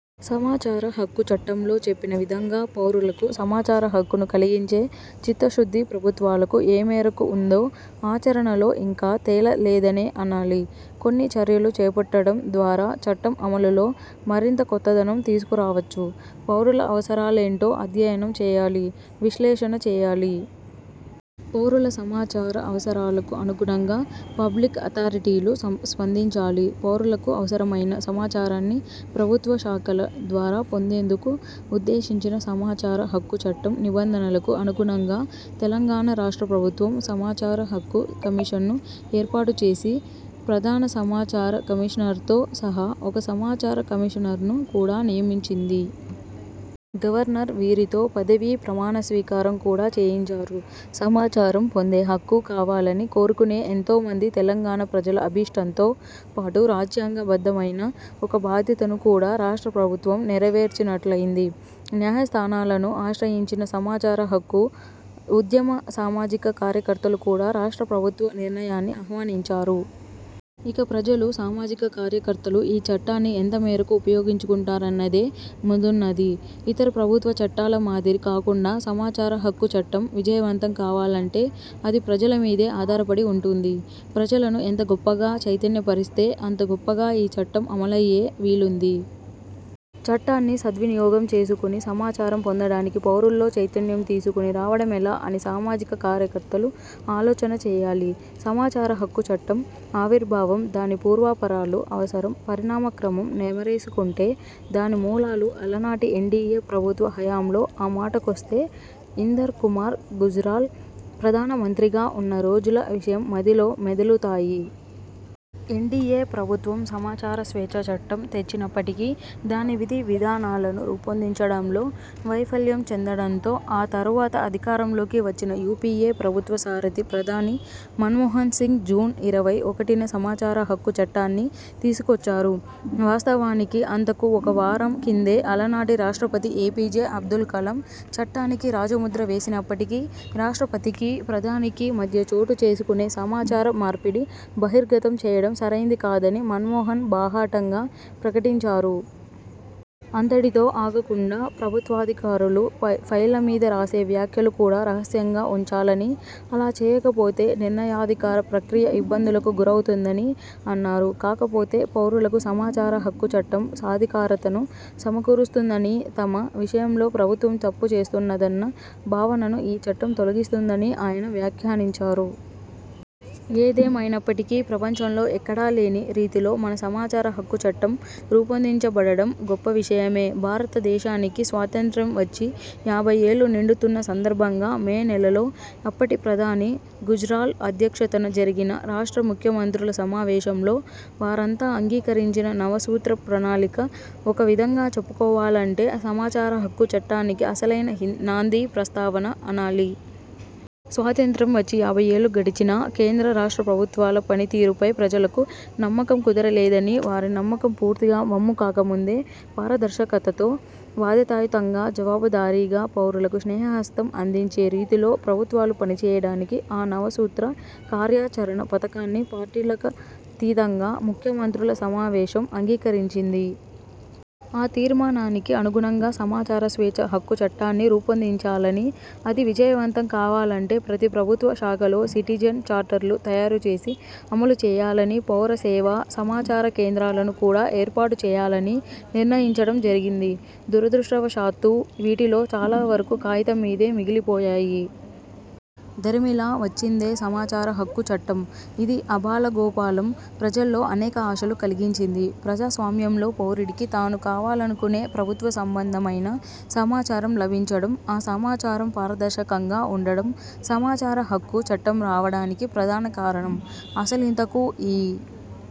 సమాచార హక్కు చట్టంలో చెప్పిన విధంగా పౌరులకు సమాచార హక్కును కలిగించే చిత్తశుద్ధి ప్రభుత్వాలకు ఏమేరకు ఉందో ఆచరణలో ఇంకా తేల లేదనే అనాలి. కొన్ని చర్యలు చేపట్టడం ద్వారా చట్టం అమలులో మరింత కొత్తదనం తీసుకురావచ్చు. పౌరుల అవసరాలేంటో అధ్యయనం చేయాలి, విశ్లేషణ చేయాలి. పౌరుల సమాచార అవసరాలకు అనుగుణంగా పబ్లిక్ అథారిటీలు స్పందించాలి. పౌరులకు అవసరమైన సమాచారాన్ని ప్రభుత్వ శాఖల ద్వారా పొందేందుకు ఉద్దేశించిన సమాచార హక్కు చట్టం నిబంధనలకు అనుగుణంగా, తెలంగాణ రాష్ట్ర ప్రభుత్వం సమాచార హక్కు కమిషన్ను ఏర్పాటుచేసి, ప్రధాన సమాచార కమిషనర్తో సహా ఒక సమాచార కమిషనర్ను కూడా నియమించింది. గవర్నర్ వీరితో పదవీ ప్రమాణ స్వీకారం కూడా చేయించారు. సమాచారం పొందే హక్కు కావాలని కోరుకునే ఎంతోమంది తెలంగాణ ప్రజల అభీష్టంతో పాటు రాజ్యాంగ బద్ధమైన ఒక బాధ్యతను కూడా రాష్ట్ర ప్రభుత్వం నేరవేర్చినట్లయింది. న్యాయ స్థానాలను ఆశ్రయించిన సమాచార హక్కు ఉద్యమ సామాజిక కార్యకర్తలు కూడా రాష్ట్ర ప్రభుత్వ నిర్ణయాన్ని ఆహ్వానించారు. ఇక ప్రజలు, సామాజిక కార్యకర్తలు ఈ చట్టాన్ని ఎంతమేరకు ఉపయోగించుకుంటారన్నదే ముందున్నది! ఇతర ప్రభుత్వ చట్టాల మాదిరి కాకుండా, సమాచార హక్కు చట్టం విజయవంతం కావాలంటే, అది ప్రజల మీదే ఆధారపడి వుంటుంది. ప్రజలను ఎంత గొప్పగా చైతన్య పరిస్తే, అంత గొప్పగా ఈ చట్టం అమలయ్యే వీలుంది. చట్టాన్ని సద్వినియోగం చేసుకుని సమాచారం పొందడానికి పౌరుల్లో చైతన్యం తీసుకుని రావడమెలా అని సామాజిక కార్యకర్తలు ఆలోచన చేయాలి. సమాచార హక్కు చట్టం ఆవిర్భావం, దాని పూర్వాపరాలు, అవసరం, పరిణామ క్రమం నెమరేసుకుంటే, దాని మూలాలు, అలనాటి ఎన్డీయే ప్రభుత్వ హయాంలో, ఆ మాటకొస్తే, ఇందర్ కుమార్ గుజ్రాల్ ప్రధాన మంత్రిగా వున్న రోజుల విషయం మదిలో మెదలుతాయి. ఎన్డీయే ప్రభుత్వం సమాచార స్వేచ్ఛ చట్టం తెచ్చినప్పటికీ, దాని విధి, విధానాలను రూపొందించడంలో వైఫల్యం చెందడంతో, ఆ తరువాత అధికారంలోకి వచ్చిన యూపీఏ ప్రభుత్వ సారథి ప్రధాని మన్మోహన్ సింగ్ జూన్ ఇరవై ఒకటిన సమాచార హక్కు చట్టాన్ని తీసుకొచ్చారు. వాస్తవానికి, అంతకు ఒక వారం కిందే అలనాటి రాష్ట్రపతి ఏపీజే అబ్దుల్ కలాం చట్టానికి రాజముద్ర వేసినప్పటికీ, రాష్ట్రపతికీ, ప్రధానికీ మధ్య చోటు చేసుకునే 'సమాచార మార్పిడి' బహిర్గతం చేయడం సరైంది కాదని మన్మోహన్ బాహాటంగా ప్రకటించారు. అంతటితో ఆగకుండా, ప్రభుత్వాధికారులు పై ఫైళ్ళ మీద రాసే వ్యాఖ్యలు కూడా రహస్యంగా ఉంచాలనీ, అలా చేయకపోతే, నిర్ణయాధికార ప్రక్రియ ఇబ్బందులకు గురవుతుందనీ అన్నారు. కాకపొతే, పౌరులకు సమాచారహక్కు చట్టం సాధికారతను సమకూరుస్తుందనీ, తమ విషయం లో ప్రభుత్వం తప్పు చేస్తున్నదన్న భావనను ఈ చట్టం తొలగిస్తుందనీ ఆయన వ్యాఖ్యానించారు. ఏదేమైనప్పటికీ ప్రపంచంలో ఎక్కడా లేని రీతిలో మన సమాచార హక్కు చట్టం రూపొందించబడడం గొప్ప విషయమే! భారత దేశానికి స్వాతంత్ర్యం వచ్చి యాభై ఏళ్లు నిండుతున్న సందర్భంగా మే నెలలో, అప్పటి ప్రధాని గుజ్రాల్ అధ్యక్షతన జరిగిన రాష్ట్ర ముఖ్యమంత్రుల సమావేశంలో, వారంతా అంగీకరించిన 'నవ సూత్ర ప్రణాళిక', ఒక విధంగా చెప్పుకోవాలంటే, సమాచారహక్కు చట్టానికి అసలైన నాందీ ప్రస్తావన అనాలి. స్వాతంత్ర్యం వచ్చి యాభై ఏళ్లు గడిచినా, కేంద్ర, రాష్ట్ర ప్రభుత్వాల పని తీరుపై ప్రజలకు నమ్మకం కుదరలేదనీ, వారి నమ్మకం పూర్తిగా వమ్ము కాకముందే, పారదర్శకతతో, బాధ్యతాయుతంగా, జవాబు దారీగా, పౌరులకు స్నేహ హస్తం అందించే రీతిలో ప్రభుత్వాలు పనిచేయడానికి ఆ నవసూత్ర కార్యాచరణ పథకాన్ని పార్టీలకతీతంగా ముఖ్యమంత్రుల సమావేశం అంగీకరించింది. ఆ తీర్మానానికి అనుగుణంగా సమాచార స్వేచ్ఛ హక్కు చట్టాన్ని రూపొందించాలనీ, అది విజయవంతం కావాలంటే, ప్రతి ప్రభుత్వ శాఖలో సిటిజెన్ చార్టర్లు తయారు చేసి అమలు చేయాలనీ, పౌర సేవా, సమాచార కేంద్రాలను కూడా ఏర్పాటు చేయాలనీ నిర్ణయించడం జరిగింది. దురదృష్టవశాత్తూ వీటిలో చాలా వరకు కాగితం మీదే మిగిలిపోయాయి. దరిమిలా వచ్చిందే సమాచార హక్కు చట్టం. ఇది ఆబాలగోపాలం ప్రజల్లో అనేక ఆశలు కలిగించింది. ప్రజాస్వామ్యంలో పౌరుడికి, తాను కావాలనుకునే ప్రభుత్వ సంబంధమైన సమాచారం లభించడం, ఆ సమాచారం పారదర్శకంగా వుండడం సమాచార హక్కు చట్టం రావడానికి ప్రధాన కారణం. అసలింతకూ ఈ